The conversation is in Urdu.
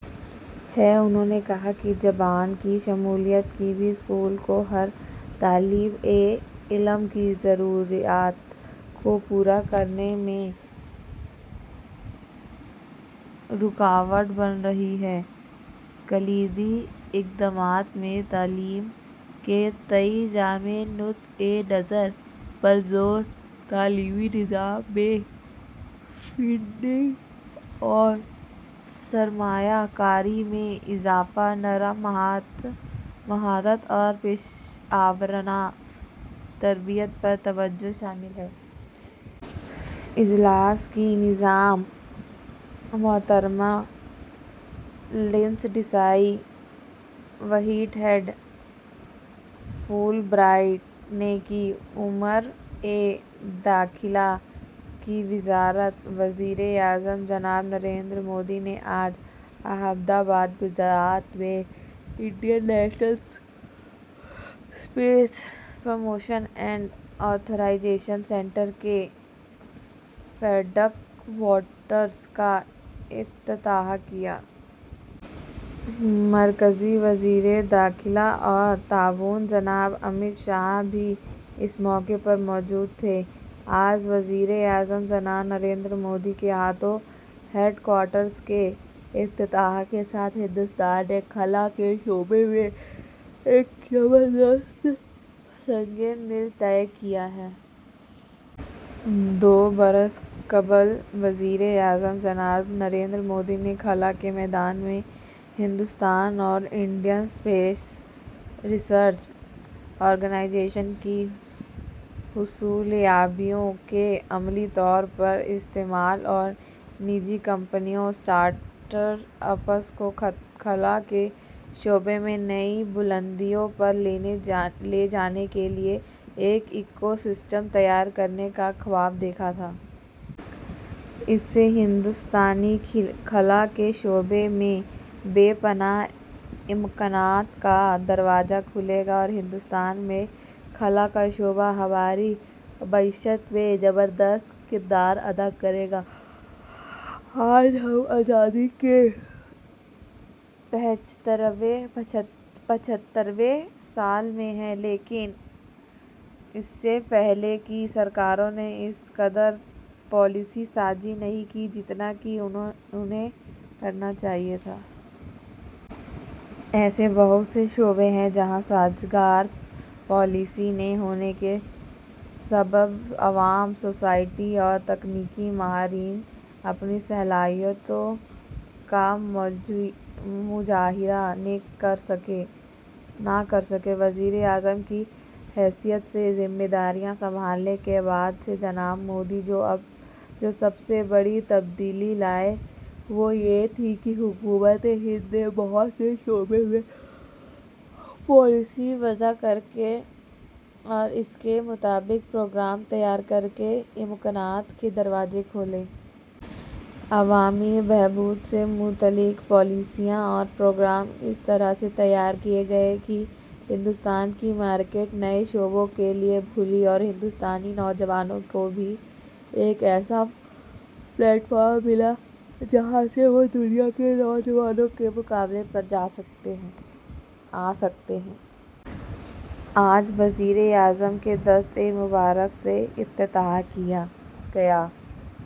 ہے۔ انہوں نے یہ بھی کہا کہ زبان کی شمولیت کی کمی اسکولوں کو ہر طالب علم کی ضروریات کو پورا کرنے میں رکاوٹ بن رہی ہے۔ کلیدی اقدامات میں تعلیم کے تئیں جامع نقطۂ نظر پر زور، تعلیمی نظام میں فنڈنگ اور سرمایہ کاری میں اضافہ، نرم مہارت اور پیشہ ورانہ تربیت پر توجہ شامل ہیں۔ اجلاس کی نظامت محترمہ لینسڈسائی وہیٹہیڈ، فلبرائٹ نے کی۔ امور داخلہ کی وزارت، وزیر اعظم جناب نریندر مودی نے آج احمد آباد، گجرات میں Indian national space promotion and authorisation centre کے ہیڈ کوارٹرز کا افتتاح کیا۔ مرکزی وزیر داخلہ اور تعاون جناب امیت شاہ بھی اس موقع پر موجود تھے۔ آج وزیر اعظم جناب نریندر مودی کے ہاتھوں ہیڈ کوارٹرز کے افتتاح کے ساتھ ہندوستان نے خلاء کے شعبے میں ایک زبردست سنگ میل طے کیا ہے۔ دو برس قبل وزیر اعظم جناب نریندر مودی نے خلاء کے میدان میں ہندوستان اور انڈین اسپیس ریسرچ آرگنائزیشن کی حصولیابیوں کے عملی طور پر استعمال اور نجی کمپنیوں، اسٹارٹ اپس کو خلاء کے شعبے میں نئی بلندیوں پر لے جانے کے لیے ایک ایکو سسٹم تیار کرنے کا خواب دیکھا تھا۔ اس سے ہندوستانی خلاء کے شعبے میں بے پناہ امکانات کا دروازہ کھلے گا اور ہندوستان میں خلاء کا شعبہ ہماری معیشت میں زبردست کردار ادا کرے گا۔ آج ہم اپنی آزادی کے پچھتر ویں سال میں ہیں، لیکن اس سے پہلے کی سرکاروں نے اس قدر پالیسی سازی نہیں کی جتنا کہ انہیں کرنا چاہیے تھا۔ ایسے بہت سے شعبے ہیں جہاں سازگار پالیسی نہ ہونے کے سبب عوام، سوسائٹی اور تکنیکی ماہرین اپنی صلاحیتوں کا مظاہرہ نہ کر سکے۔ وزیر اعظم کی حیثیت سے ذمہ داریاں سنبھالنے کے بعد سے جناب مودی جو سب سے بڑی تبدیلی لائے، وہ یہ تھی کہ حکومت ہند نے بہت سے شعبوں میں پالیسی وضع کرکے اور اس کے مطابق پروگرام تیار کرکے امکانات کے دروازے کھولے۔ عوامی بہبود سے متعلق پالیسیاں اور پروگرام اس طرح سے تیار کیے گئے کہ ہندوستان کی مارکیٹ نئے شعبوں کے لیے کھلی اور ہندوستانی نوجوانوں کو بھی ایک ایسا پلیٹ فارم ملا جہاں سے وہ دنیا کے نوجوانوں کے مقابلے پر آ سکتے ہیں۔ آج وزیر اعظم کے دستِ مبارک سے افتتاح کیا گیا۔